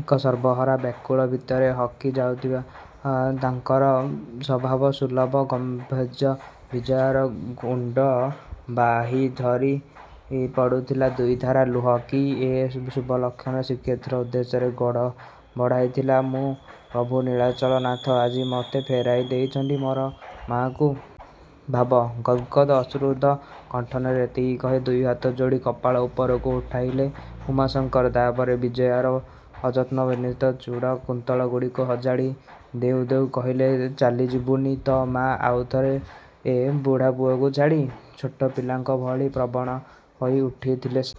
ଏକ ସର୍ବହରା ବ୍ୟାକୁଳତା ଭିତରେ ହଜି ଯାଉଥିଲା ତାଙ୍କର ସ୍ଵଭାବ ସୁଲଭ ଗାମ୍ଭୀର୍ଯ୍ୟ, ବିଜୟାର ଗଣ୍ତ ବାହି ଝରି ପଡ଼ୁଥିଲା ଦୁଇଧାର ଲୁହ। "କି ଏକ ଶୁଭକ୍ଷଣରେ ଶ୍ରୀକ୍ଷେତ୍ର ଉଦ୍ଦ୍ୟେରେ ଗୋଡ଼ ବଢ଼ାଇଥିଲି ମୁଁ, ପ୍ରଭୁ ନିଳାଚଳ ନାଥ ଆଜି ମୋତେ ଫେରାଇ ଦେଇଛନ୍ତି ମୋର ମା'କୁ। '' ଭାବ ଗଦ ଗଦ, ଅଶ୍ରୁରୁଦ୍ଧ କଣ୍ଠରେ ଏତିକ କହି, ଦୁଇ ହାତ ଯୋଡ଼ି କପାଳ ଉପରକୁ ଉଠାଇଲେ ଉମାଶଙ୍କର। ତା'ପରେ ବିଜୟାର ଅଯତ୍ନ ବିନ୍ୟସ୍ତ ଚୂର୍ଣ୍ଣକୁନ୍ତଳଗୁଡ଼ିକୁ ସଜାଡ଼ି ଦେଉଁ ଦେଉଁ କହିଲେ—"ଚାଲି ଯିବୁନି ତ ମା' ଆଉଥରେ ଏ ବୁଢ଼ାପୁଅକୁ ଛାଡ଼ି। '' ଛୋଟ ପିଲାଙ୍କ ଭଳି ଭାବ ପ୍ରବଣ ହୋଇ ଉଠୁଥିଲେ ସେ।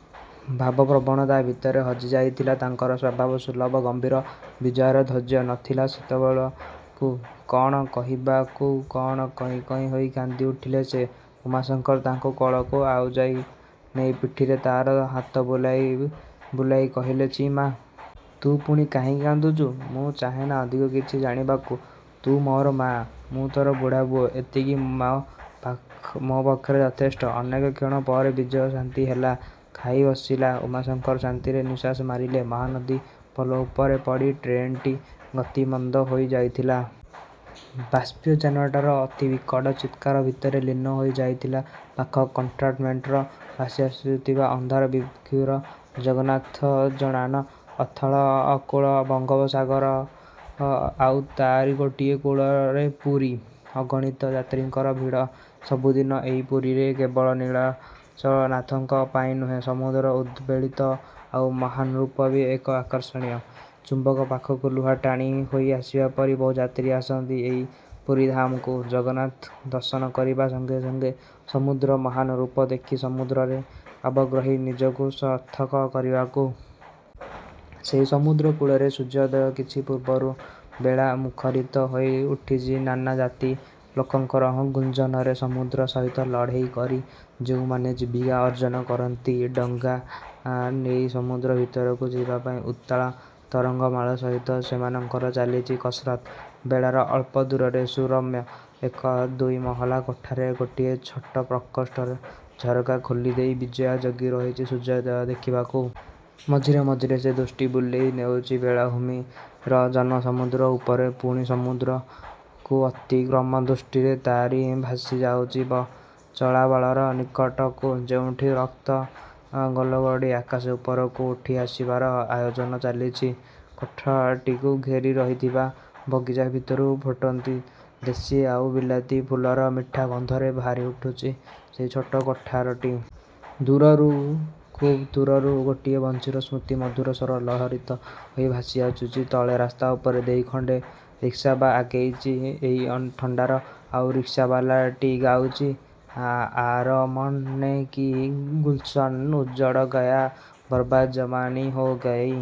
ଭାବ ପ୍ରବଣ ତା ଭିତରେ ହଜି ଯାଇଥିଲା ତାଙ୍କର ସ୍ଵଭାବ ସୁଲଭ ଗାମ୍ଭୀର୍ଯ୍ୟ। ବିଜୟାର ଧୈର୍ଯ୍ୟ ନ ଥିଲା ସେତେବେଳକୁ। କ'ଣ କହିବାକୁ ଯାଇ କଇଁ କଇଁ ହୋଇ କାନ୍ଦି ଉଠିଲା ସେ। ଉମାଶଙ୍କର ତାକୁ କୋଳକୁ ଆଉଜାଇ ନେଇ ପିଠିରେ ତା'ର ହାତ ବୁଲାଉ ବୁଲାଉ କହିଲେ— "ଛି ମା! ତୁ ପୁଣି କାହିଁକି କାନ୍ଦୁଛୁ। ମୁଁ ଚାହେଁନା ଅଧିକ କିଛି ଜାଣିବାକୁ। ତୁ ମୋର ମା-। ମୁଁ ତୋର ବୁଢ଼ାପୁଅ। ଏତିକି ମୋ ପକ୍ଷରେ ଯଥେଷ୍ଟ। '' ଅନେକ କ୍ଷଣ ପରେ ବିଜୟା ଶାନ୍ତି ହେଲା। ଖାଇ ବସିଲା। ଉମାଶଙ୍କର ଶାନ୍ତିର ନିଶ୍ଵାସ ମାରିଲେ। ମହାନଦୀ ପୋଲ ଉପରେ ପଡ଼ି ଟ୍ରେନଟିର ଗତି ମନ୍ଦ ହୋଇ ଯାଇଥିଲା। ବାଷ୍ପିୟ ଯାନଟାର ଅତି ବିକଟ ଚିତ୍କାର ଭିତରେ ଲୀନ ହୋଇ ଯାଇଥିଲା ପାଖ କମ୍ପାର୍ଟମେଣ୍ଟରୁ ଭାସି ଆସୁଥିବା ଅନ୍ଧ ଭିକ୍ଷୁକର ଜଗନ୍ନାଥ ଜଣାଣ। ଅଥଳ ଅକୂଳ ବଙ୍ଗୋପ ସାଗର… ଆଉ ତା'ରି ଗୋଟିଏ କୂଳରେ ପୁରୀ। ଅଗଣିତ ଯାତ୍ରୀଙ୍କର ଭିଡ଼ ସବୁଦିନେ ଏଇ ପୁରୀରେ, କେବଳ ନୀଳାଚଳନାଥଙ୍କ ପାଇଁ ନୁହେଁ ସମୁଦ୍ରର ଉଦବେଳିତ ଆଉ ମହାନ୍ ରୂପ ବି ଏକ ଆକର୍ଷକ, ଚୁମ୍ଵକ ପାଖକୁ ଲୁହାଟାଣି ହୋଇ ଆସିବା ପରି ବହୁଯାତ୍ରୀ ଆସନ୍ତି ଏଇ ପୁରୀଧାମକୁ, ଜଗନ୍ନାଥ ଦର୍ଶନ କରିବା ସଙ୍ଗେ ସଙ୍ଗେ, ସମୁଦ୍ରର ମହାନ୍ ରୂପ ଦେଖି, ସମୁଦ୍ରରେ ଆବଗ୍ରାହି ନିଜକୁ ସାର୍ଥକ କରିବାକୁ। ସେଇ ସମୁଦ୍ର କୂଳରେ ସୂର୍ଯ୍ୟୋଦୟର କିଛି ପୂର୍ବରୁ…..। ବେଳା ମୁଖରିତ ହୋଇ ଉଠିଚି ନାନା ଜାତି ଲୋକଙ୍କର ଗୁଞ୍ଜନରେ। ସମୁଦ୍ର ସହିତ ଲଢ଼େଇ କରି ଯେଉଁମାନେ ଜୀବିକା ଅର୍ଜନ କରନ୍ତି, ଡଙ୍ଗାନେଇ ସମୁଦ୍ର ଭିତରକୁ ଯିବାପାଇଁ ଉତ୍ତାଳ ତରଙ୍ଗମାଳା ସହିତ ସେମାନଙ୍କର ଚାଲିଛି କସରତ୍। ବେଳାର ଅଳ୍ପ ଦୂରରେ ସୁରମ୍ୟ ଏକ ଦୁଇମହଲା କୋଠାର ଗୋଟିଏ ଛୋଟ ପ୍ରକୋଷ୍ଠର ଝରକା ଖୋଲିଦେଇ ବିଜୟା ଜଗି ରହିଚି ସୂର୍ଯ୍ୟୋଦୟ ଦେଖିବାକୁ। ମଝିରେ ମଝିରେ ସେ ଦୃଷ୍ଟି ବୁଲେଇ ନେଉଚି ବେଳା ଭୂମିର ଜନ ସମୁଦ୍ର ଉପରେ। ପୁଣି ସମୁଦ୍ରକୁ ଅତିକ୍ରମି ଦୃଷ୍ଟି ତା'ରି ଭାଷି ଯାଉଚି ଚକ୍ରବାଳର ନିକଟକୁ, ଯେଉଁଠି ରକ୍ତ ଗୋଲକଟିଏ ଆକାଶ ଉପରକୁ ଉଠି ଆସିବାର ଆୟୋଜନ ଚାଲିଚି। କୋଠାଟିକୁ ଘେରି ରହିଥିବା ବଗିଚା ଭିତରୁ ଫୁଟନ୍ତି ଦେଶୀ ଆଉ ବିଲାତି ଫୁଲର ମିଠା ଗନ୍ଧରେ ଭରି ଉଠିଚି ସେଇ ଛୋଟ କୋଠରଟି। ଦୂରରୁ….. ଖୁବ୍ ଦୂରରୁ ଗୋଟିଏ ବଂଶୀର ଶ୍ରୁତି ମଧୁର ସ୍ଵର ଲହରୀତ ହେଇ ଭାଷି ଆସୁଚି। ତଳେ ରାସ୍ତା ଉପର ଦେଇ ଖଣ୍ତେ ରିକ୍ସା ବି ଆଗେଇଚି ଏଇ ଥଣ୍ତାରେ, ଆଉ ରିକ୍ସା ବାଲା ଗାଉଚି… "ଅରମାନୋ କି ଗୁଲ୍ସନ ଉଜଡ଼ ଗୟା, ବର୍ବାଦ ଜମାନୀ ହୋ ଗଇ…